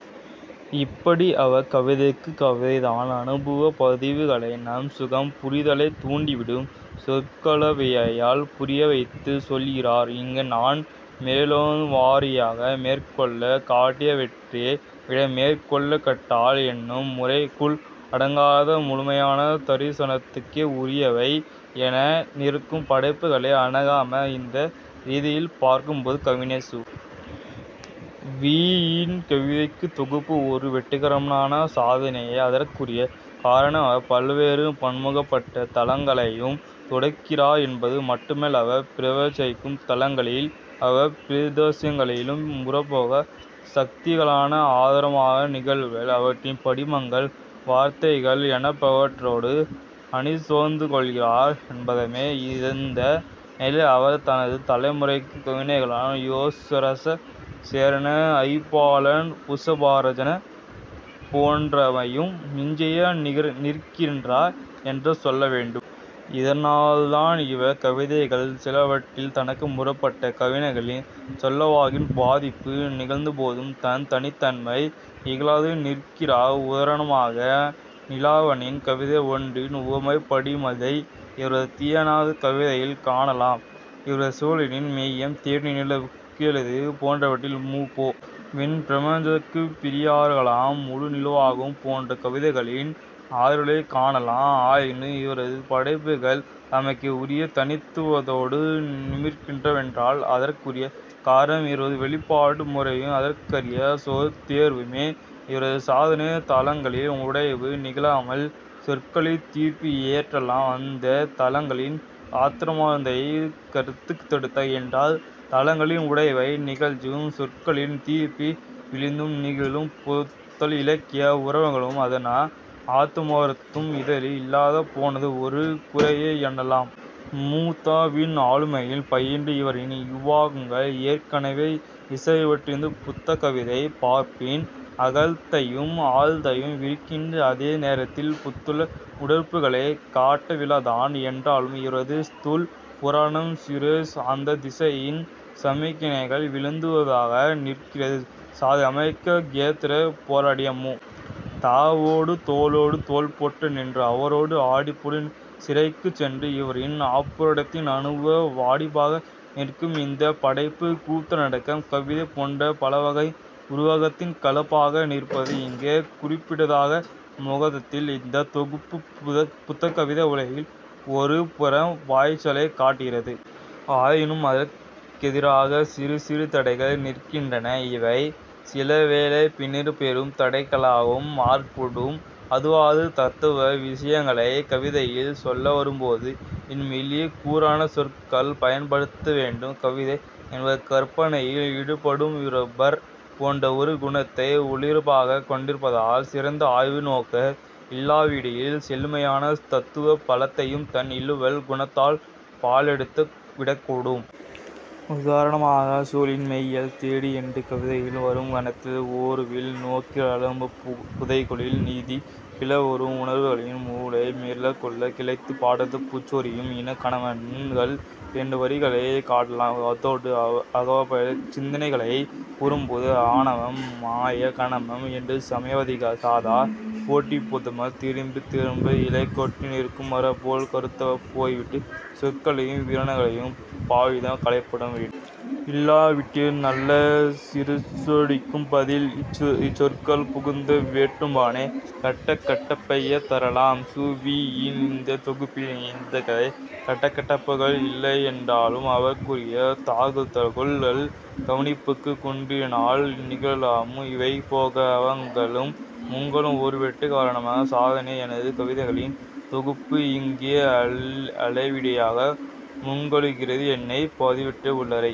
இப்படி அவர் கவிதைக்குக் கவிதை தன் அனுபவப் பதிவுகளை நம் சூக்கும புரிதலைத் தூண்டிவிடும் சொற்கலவையால் புரியவைத்துச் செல்கிறார். இங்க நான் மேலெழுந்தவாரியாக மேற்கோள் காட்டியவற்றை விட மேற்கோள் காட்டல் என்னும் முறைக்குள் அடங்காது முழுமையான தரிசனத்துக்கே உரியவை என நிற்கும் படைப்புகளே அனேகம். இந்த ரீதியில் பார்க்கும்போது கவிஞர் சு. வி. யின் கவிதைத் தொகுப்பு ஒரு வெற்றிகரமான சாதனையே. அதற்குரிய காரணம் அவர் பல்வேறு பன்முகப்பட்ட தளங்களையும் தொடுக்கிறார் என்பது மட்டுமல்ல அவர் பிரவேசிக்கும் தளங்களில் அவ்வப் பிரதேசங்களுக்குரிய முற்போக்குச் சக்திகளான ஆத்மார்த்த நிகழ்வுகள் அவற்றின் படிமங்கள் வார்த்தைகள் என்பவற்றோடும் அணிசேர்ந்துகொள்கிறார் என்பதுமே. இந்த நிலையில் அவர் தனது தலைமுறைக் கவிஞர்களான யேசுராசா சேரன் ஜெயபாலன் புஷ்பராஜன் போன்றோரையும் மிஞ்சியே நிற்கிறார் என்றே சொல்லவேண்டும். இதனால்தான் இவர் கவிதைகள் சிலவற்றில் தனக்கு முற்பட்ட கவிஞர்களின் செல்வாக்கின் பாதிப்பு நிகழ்ந்தபோதும் தன் தனித்தன்மையை இழக்காது நிற்கிறார். உதாரணமாக நீலாவணனின் கவிதை ஒன்றின் உவமைப் படிமத்தை இவரது தியானம் கவிதையில் காணலாம். இவரது சுழலின் மையம் தேடி நிலவுக் கெழுதல் போன்றவற்றில் மு. பொ. வின் பிரபஞ்சக்கும்மி பிறையருகாலம் முழுநிலவாகும் போன்ற கவிதைகளின் அருட்டலைக் காணலாம். ஆயினும் இவரது படைப்புகள் தமக்கே உரிய தனித்துவத்தோடு நிமிர்கின்றனவென்றால் அதற்குரிய காரணம் இவரது வெளிப்பாட்டு முறையும் அதற்கரிய சொற் தேர்வுமே. இவரது சாதனை தளங்களில் உடைவு நிகழாமல் சொற்களில் திரிபு ஏறாமல் அந்தந்தத் தளங்களின் ஆத்மார்த்தத்தைக் கறந்தெடுத்தது என்றால் தளங்களில் உடைவு நிகழ்த்தியும் சொற்களில் திரிபு விழுத்தியும் நிகழும் புதுத்தள இலக்கிய உருவங்களும் அதன் ஆத்மார்த்தமும் இதில் இல்லாது போனது ஒரு குறையே எனலாம். மு. த. வின் ஆளுமையில் பயின்ற இவரின் இவ்வாக்கங்கள் ஏற்கனவே இசைவுற்றிருந்த புதுக்கவிதைப் பரப்பின் அகலத்தையும் ஆழத்தையும் விரிக்கின்ற அதே நேரத்தில் புதுத்தள ஊடறுப்புகளைக் காட்டவில்லைத்தான். என்றாலும் இவரது ஸ்தல புராணம் சிருஷ்டி அந்தத் திசையின் சமிக்ஞைகளை விழுத்துவதாகவே நிற்கிறது. சாதி அமைப்புக் கெதிராகப் போராடிய மு. த. வோடு தோளோடு தோள்போட்டு நின்று அவரோடு அடிபட்டுச் சிறைக்குச்சென்ற இவரின் அப்போராட்டத்தின் அனுபவ வடிப்பாக நிற்கும் இந்தப் படைப்பு, கூத்து நாடகம் கவிதை போன்ற பல்வகை உருவாக்கத்தின் கலப்பாக நிற்பது இங்கு குறிப்பிடத்தக்கது. மொத்தத்தில் இத் தொகுப்பு புதுக்கவிதை உலகில் ஒரு பெரும் பாய்ச்சலைக் காட்டுகிறது. ஆயினும் அதற்கெதிராக சிறு சிறு தடைகள் நிற்கின்றன. இவையே சிலவேளை பின்னர் பெரும் தடைகளாகவும் மாறக்கூடும். அதாவது தத்துவ விஷயங்களைக் கவிதையில் சொல்லவரும்போது இன்னும் எளிய கூரான சொற்கள் பயன்படுத்தப்படவேண்டும். கவிதை என்பது கற்பனையில் இழுபடும் றப்பர் போன்ற ஒரு குணத்தை உள்ளிருப்பாகக் கொண்டிருப்பதால் சிறந்த ஆய்வு நோக்கு இல்லாவிடில் செழுமையான தத்துவ பலத்தையும் தன் இழுவல் குணத்தால் பாழடித்து விடக்கூடும். உதாரணமாக சுழலின் மையல் தேடி என்ற கவிதையில் வரும் மனதில் ஓரவிழி நோக்கில் ஆழப் புதைகுழி நீத்துக் கிளர்வுறும் உணர்வுகளின் முளை மீறல்கள் கிளைத்துப் படர்ந்து பூச்சொரியும் இன் கனவுகள் என்ற வரிகளைக் காட்டலாம். அதோடு அகவயப்பட்ட சிந்தனைகளைக் கூறும்போது ஆணவம் மாயை கன்மம் என்று சமயவாதிகள் சதா போட்டடிப்பதுபோல் திரும்பத் திரும்ப இலை கொட்டி நிற்கும் மரம்போல் கருத்துவலுப் போய்விட்ட சொற்களையும் விரணைகளையும் பாவிப்பது களையப்பட வேண்டும். இல்லாவிடில் நல்ல சிருஷ்டிக்குப் பதில் இச்சொற்கள் புகுந்து வெற்றுப்பானைக் கட கடப்பையே தரலாம். சு. வி. யின் இத் தொகுப்பில் இத்தகைய கடகடப்புகள் இல்லையென்றாலும் அவற்றுக்குரிய தாக்குதல்கள் கவனிப்புக் குன்றினால் நிகழலாம். இவைபோக அகங்களும் முகங்களும் ஒரு வெற்றிகரமான சாதனையே. எனது கவிதைகளின் தொகுப்பு இங்கே அலைவெளியிடாக முகங்கொள்கிறது. என்னைப் பாதித்தவற்றை உள்ளுறை